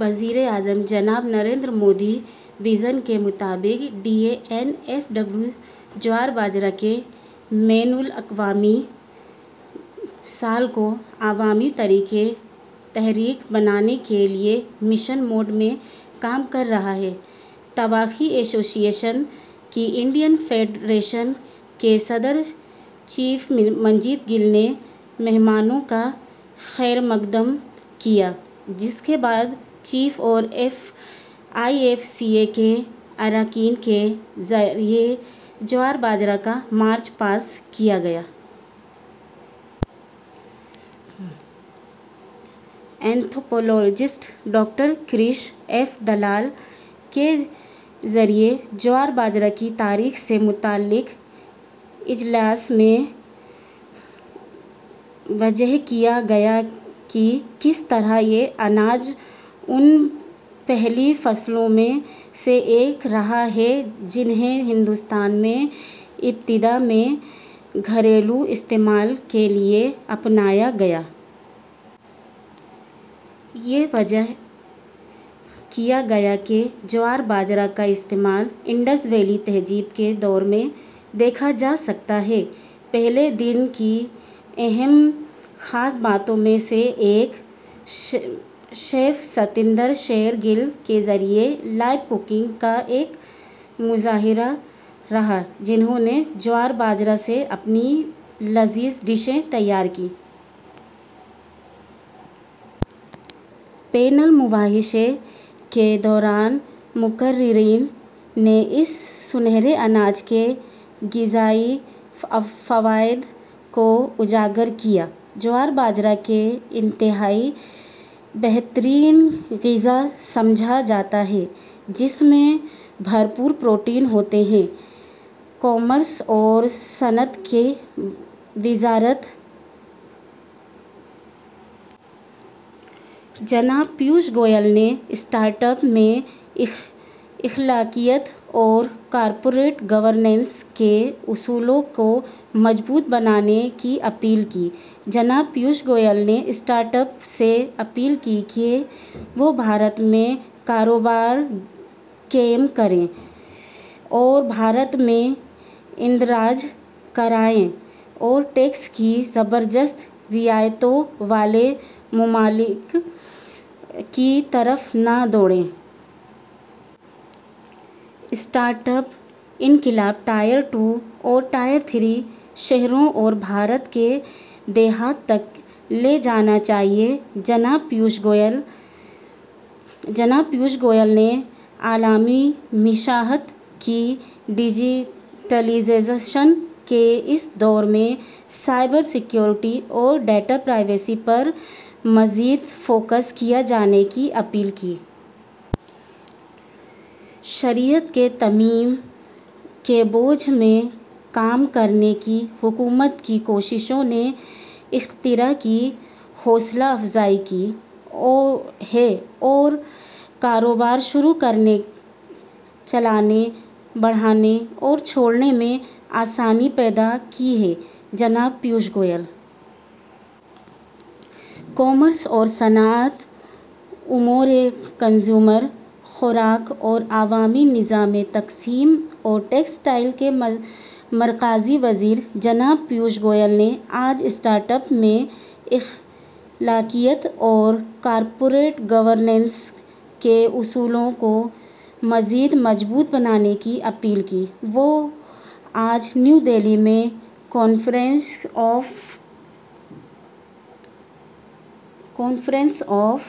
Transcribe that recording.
وزیراعظم جناب نریندر مودی کے ویژن کے مطابق، D A and F W جوار باجرہ کے بین الاقوامی سال کو عوامی تحریک بنانے کے لیے مشن موڈ میں کام کر رہا ہے۔ طباخی ایسوسی ایشن کی ہندوستانی فیڈریشن کے صدر شیف منجیت گل نے مہمانان کا خیر مقدم کیا، جس کے بعد شیفس اور آئی ایف سی اے کے اراکین کے ذریعے جوار باجرہ کا مارچ پاسٹ کیا گیا۔ Anthropologist doctor Krish F Dalal کے ذریعے جوار باجرہ کی تاریخ سے متعلق اجلاس میں واضح کیا گیا کہ کس طرح یہ اناج ان پہلی فصلوں میں سے ایک رہا ہے، جنہیں ہندوستان میں ابتدائی طور پر گھریلو استعمال کے لیے اپنایا گیا۔ یہ واضح کیا گیا کہ جوار باجرہ کا استعمال انڈس ویلی تہذیب کے دور میں دیکھا جا سکتا ہے۔ پہلے دن کی کلیدی خاص باتوں میں سے ایک شیف ستیندر شیر گل کے ذریعے لائیو کوکنگ کا ایک مظاہرہ رہا، جنہوں نے جوار باجرہ سے بنی لذیذ ڈشیں تیار کیں۔ پینل مباحثے کے دوران مقررین نے اس سنہرے اناج کے تغذیائی فوائد کو اجاگر کیا۔ جوار باجرہ کو انتہائی بہترین خوراک سمجھا جاتا ہے، جس میں بھرپور پروٹین ہوتے ہیں۔ کامرس اور صنعت کی وزارت۔ جناب پیوش گوئل نے اسٹارٹ اپس میں اخلاقیات اور کارپوریٹ گورننس کے اصولوں کو مضبوط بنانے کی اپیل کی۔ جناب پیوش گوئل نے اسٹارٹ اپس سے اپیل کی کہ وہ بھارت میں کاروبار قائم کریں اور بھارت میں اندراج کرائیں اور ٹیکس کی زبردست رعایتوں والے ممالک کی طرف نہ دوڑیں۔ اسٹارٹ اپ انقلاب ٹیئر ٹو اور ٹیئر تھری شہروں اور بھارت کے دیہات تک لے جانا چاہیے، جناب پیوش گوئل۔ جناب پیوش گوئل نے عالمی معیشت کی ڈیجیٹلائزیشن کے اس دور میں سائبر سیکیورٹی اور ڈیٹا پرائیویسی پر مزید فوکس کیے جانے کی اپیل کی۔ شرائط کی تعمیل کے بوجھ کو کم کرنے کی حکومت کی کوششوں نے اختراع کی حوصلہ افزائی کی ہے اور کاروبار شروع کرنے، چلانے، بڑھانے اور چھوڑنے میں آسانی پیدا کی ہے، جناب پیوش گوئل۔ کامرس اور صنعت، امور صارفین، خوراک اور عوامی نظام تقسیم اور ٹیکسٹائل کے مرکزی وزیر جناب پیوش گوئل نے آج اسٹارٹ اپس میں اخلاقیات اور کارپوریٹ گورننس کے اصولوں کو مزید مضبوط بنانے کی اپیل کی۔ وہ آج نئی دہلی میں کنفیڈریشن آف...